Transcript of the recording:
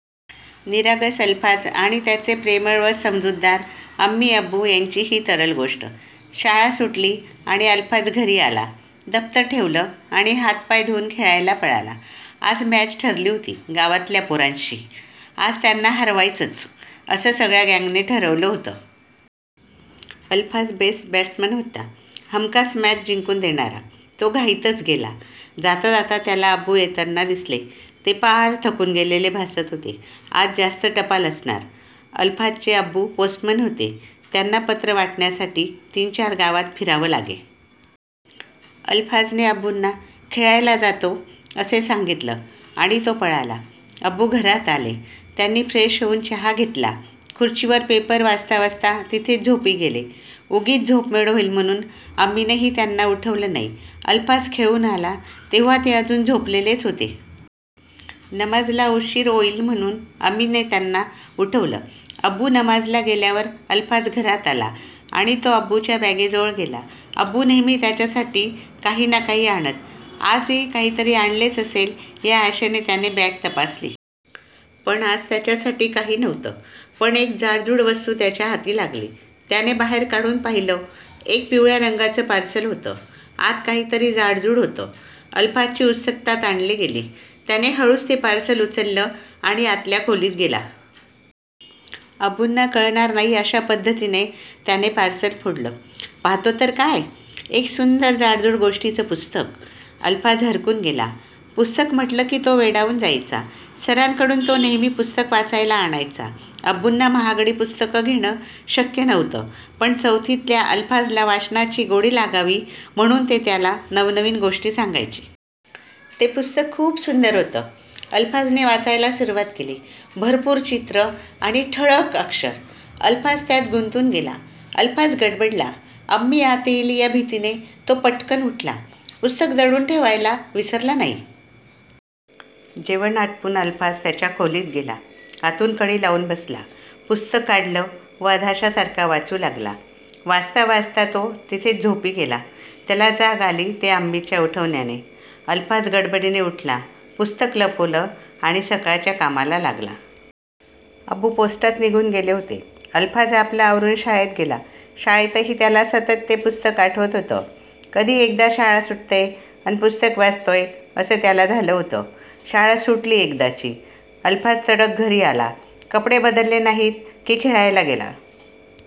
निरागस अलफाज आणि त्याचे प्रेमळ व समजूतदार अम्मी-अब्बू यांची ही तरल गोष्ट- शाळा सुटली आणि अलफाज घरी आला. दप्तर ठेवलं आणि हात पाय धुऊन खेळायला पळाला. आज मॅच ठरली होती गावातल्या पोरांशी... आज त्यांना हरवायचंच, असं सगळ्या गॅंगने ठरवलं होतं. अलफाज बेस्ट बॅटसमन होता... हमखास मॅच जिंकून देणारा. तो घाईतच गेला. जाता जाता त्याला अब्बू येताना दिसले. ते पार थकून गेलेले भासत होते. आज जास्त टपाल असणार. अलफाजचे अब्बू पोस्टमन होते. त्यांना पत्र वाटण्यासाठी तीन-चार गावात फिरावं लागे. अलफाजने अब्बुना 'खेळायला जातो' असं सांगितलं आणि तो पळाला. अब्बू घरात आले. त्यांनी फ्रेश होऊन चहा घेतला. खुर्चीवर पेपर वाचता वाचता तिथेच झोपी गेले. उगीच झोपमोड होईल म्हणून अम्मीनेही त्यांना उठवलं नाही. अलफाज खेळून आला, तेव्हा ते अजून झोपलेलेच होते. नमाजला उशीर ओईल म्हणून अम्मीने त्यांना उठवलं. अब्बू नमाजला गेल्यावर अलफाज घरात आला आणि तो अब्बुंच्या बॅगेजवळ गेला. अब्बू नेहमी त्याच्यासाठी काही न काही आणत. आजही काहीतरी आणलेलं असेल या आशेने त्याने बॅग तपासली. पण आज त्याच्यासाठी काही नव्हतं. पण एक जाडजूड वस्तू त्याच्या हाती लागली. त्याने बाहेर काढून पाहिलं. एक पिवळ्या रंगाचं पार्सल होतं. आत काहीतरी जाडजूड होतं. अलफाजची उत्सुकता ताणली गेली. त्याने हळूच ते पार्सल उचललं आणि आतल्या खोलीत गेला. अब्बूंना कळणार नाही अशा पद्धतीने त्याने पार्सल फोडलं. पाहतो तर काय, एक सुंदर जाडजूड गोष्टींचं पुस्तक! अलफाज हरकून गेला. पुस्तक म्हटलं की तो वेडावून जायचा. सरांकडून तो नेहमी पुस्तकं वाचायला आणायचा. अब्बुंना महागडी पुस्तकं घेणं शक्य नव्हतं, पण चौथीतल्या अलफाजला वाचनाची गोडी लागावी, म्हणून ते त्याला नवनवीन गोष्टी सांगायचे. ते पुस्तक खूप सुंदर होतं. अलफाजने वाचायला सुरवात केली. भरपूर चित्रं आणि ठळक अक्षर! अलफाज त्यात गुंतून गेला. अलफाज गडबडला. अम्मी आत येईल या भीतीने तो पटकन उठला. पुस्तक दडवून ठेवायला विसरला नाही. जेवण आटोपून अलफाज त्याच्या खोलीत गेला. आतून कडी लावून बसला. पुस्तक काढलं व अधाश्यासारखा वाचू लागला. वाचता वाचता तो तिथेच झोपी गेला. त्याला जाग आली ते अम्मीच्या उठवन्याने. अलफाज गडबडीने उठला. पुस्तक लपवलं आणि सकाळच्या कामाला लागला. अब्बू पोस्टात निघून गेले होते. अलफाज आपलं आवरून शाळेत गेला. शाळेतही त्याला सतत ते पुस्तक आठवत होतं. कधी एकदा शाळा सुटतेय, अन पुस्तक वाचतोय, असं त्याला झालं होतं. शाळा सुटली एकदाची. अलफाज तडक घरी आला. कपडे बदलले नाहीत की खेळायला गेला